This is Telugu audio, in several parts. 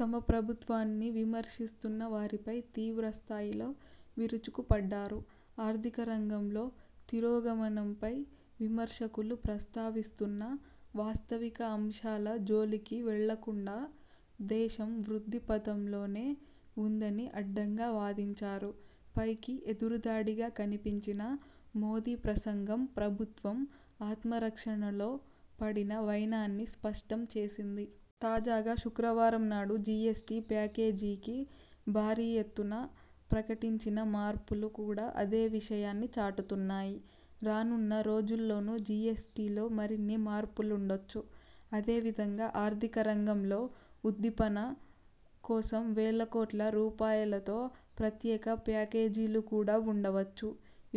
తమ ప్రభుత్వాన్ని విమర్శిస్తున్న వారిపై తీవ్రస్థాయిలో విరుచుకుపడ్డారు. ఆర్థిక రంగంలో తిరోగమనంపై విమర్శకులు ప్రస్తావిస్తున్న వాస్తవిక అంశాల జోలికి వెళ్లకుండా, దేశం వృద్ధి పథంలోనే ఉందని అడ్డంగా వాదించారు. పైకి ఎదురుదాడిగా కనిపించినా మోదీ ప్రసంగం ప్రభుత్వం ఆత్మ రక్షణలో పడిన వైనాన్ని స్పష్టం చేసింది. తాజాగా శుక్రవారం నాడు జిఎస్టి ప్యాకేజీకి భారీ ఎత్తున ప్రకటించిన మార్పులు కూడా అదే విషయాన్ని చాటుతున్నాయి. రానున్న రోజుల్లోనూ జిఎస్టిలో మరిన్ని మార్పులుండొచ్చు. అదే విధంగా ఆర్థిక రంగంలో ఉద్దీపన కోసం వేల కోట్ల రూపాయలతో ప్రత్యేక ప్యాకేజీలు కూడా ఉండవచ్చు.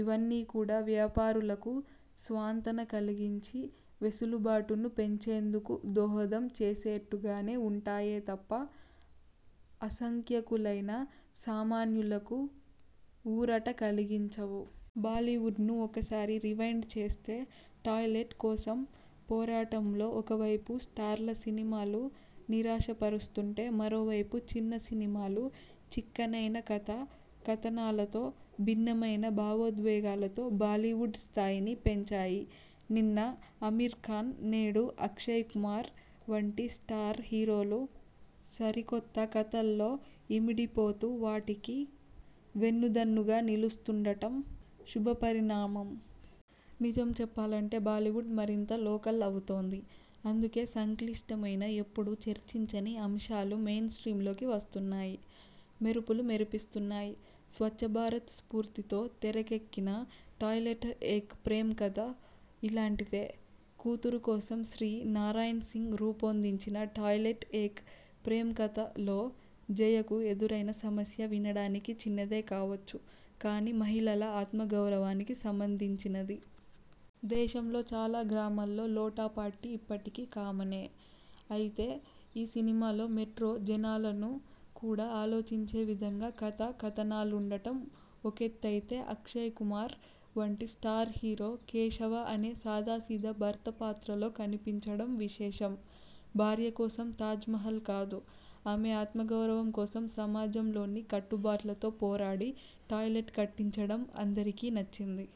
ఇవన్నీ కూడా వ్యాపారులకు సాంత్వన కలిగించి, వెసులుబాటును పెంచేందుకు దోహదం చేసేట్టుగానే ఉంటాయే తప్ప అసంఖ్యాకులైన సామాన్యులకు ఊరట కలిగించవు. బాలీవుడ్ను ఒకసారి రివైండ్ చేస్తే 'టాయ్లెట్' కోసం పోరాటం లో ఒకవైపు స్టార్ల సినిమాలు నిరాశపరుస్తుంటే మరోవైపు చిన్న సినిమాలు చిక్కనైన కథ, కథనాలతో భిన్నమైన భావోద్వేగాలతో బాలీవుడ్ స్థాయిని పెంచాయి. నిన్న ఆమిర్ఖాన్, నేడు అక్షయ్కుమార్ వంటి స్టార్ హీరోలు సరికొత్త కథల్లో ఇమిడిపోతూ వాటికి వెన్నుదన్నుగా నిలుస్తుండటం శుభపరిణామం. నిజం చెప్పాలంటే బాలీవుడ్ మరింత 'లోకల్' అవుతోంది. అందుకే సంక్లిష్టమైన, ఎప్పుడూ చర్చించని అంశాలు మెయిన్స్ట్రీమ్లోకి వస్తున్నాయి. మెరుపులు మెరిపిస్తున్నాయి. స్వచ్ఛభారత్ స్ఫూర్తితో తెరకెక్కిన 'టాయ్లెట్: ఏక్ ప్రేమ్కథ' ఇలాంటిదే. కూతురు కోసం శ్రీ నారాయణ్సింగ్ రూపొందించిన 'టాయ్లెట్: ఏక్ ప్రేమ్కథ'లో జయ కు ఎదురైన సమస్య వినడానికి చిన్నదే కావొచ్చు కానీ మహిళల ఆత్మగౌరవానికి సంబంధించినది. దేశంలో చాలా గ్రామాల్లో 'లోటాపార్టీ' ఇప్పటికీ కామనే. అయితే ఈ సినిమలో మెట్రో జనాలను కూడా ఆలోచించే విధంగా కథ, కథనాలుండటం ఒకెత్తయితే, అక్షయ్కుమార్ వంటి స్టార్ హీరో 'కేశవ' అనే సాదాసీదా భర్త పాత్రలో కనిపించడం విశేషం. భార్య కోసం తాజ్మహల్ కాదు ఆమె ఆత్మగౌరవం కోసం సమాజంలోని కట్టుబాట్లతో పోరాడి 'టాయ్లెట్' కట్టించడం అందరికీ నచ్చింది.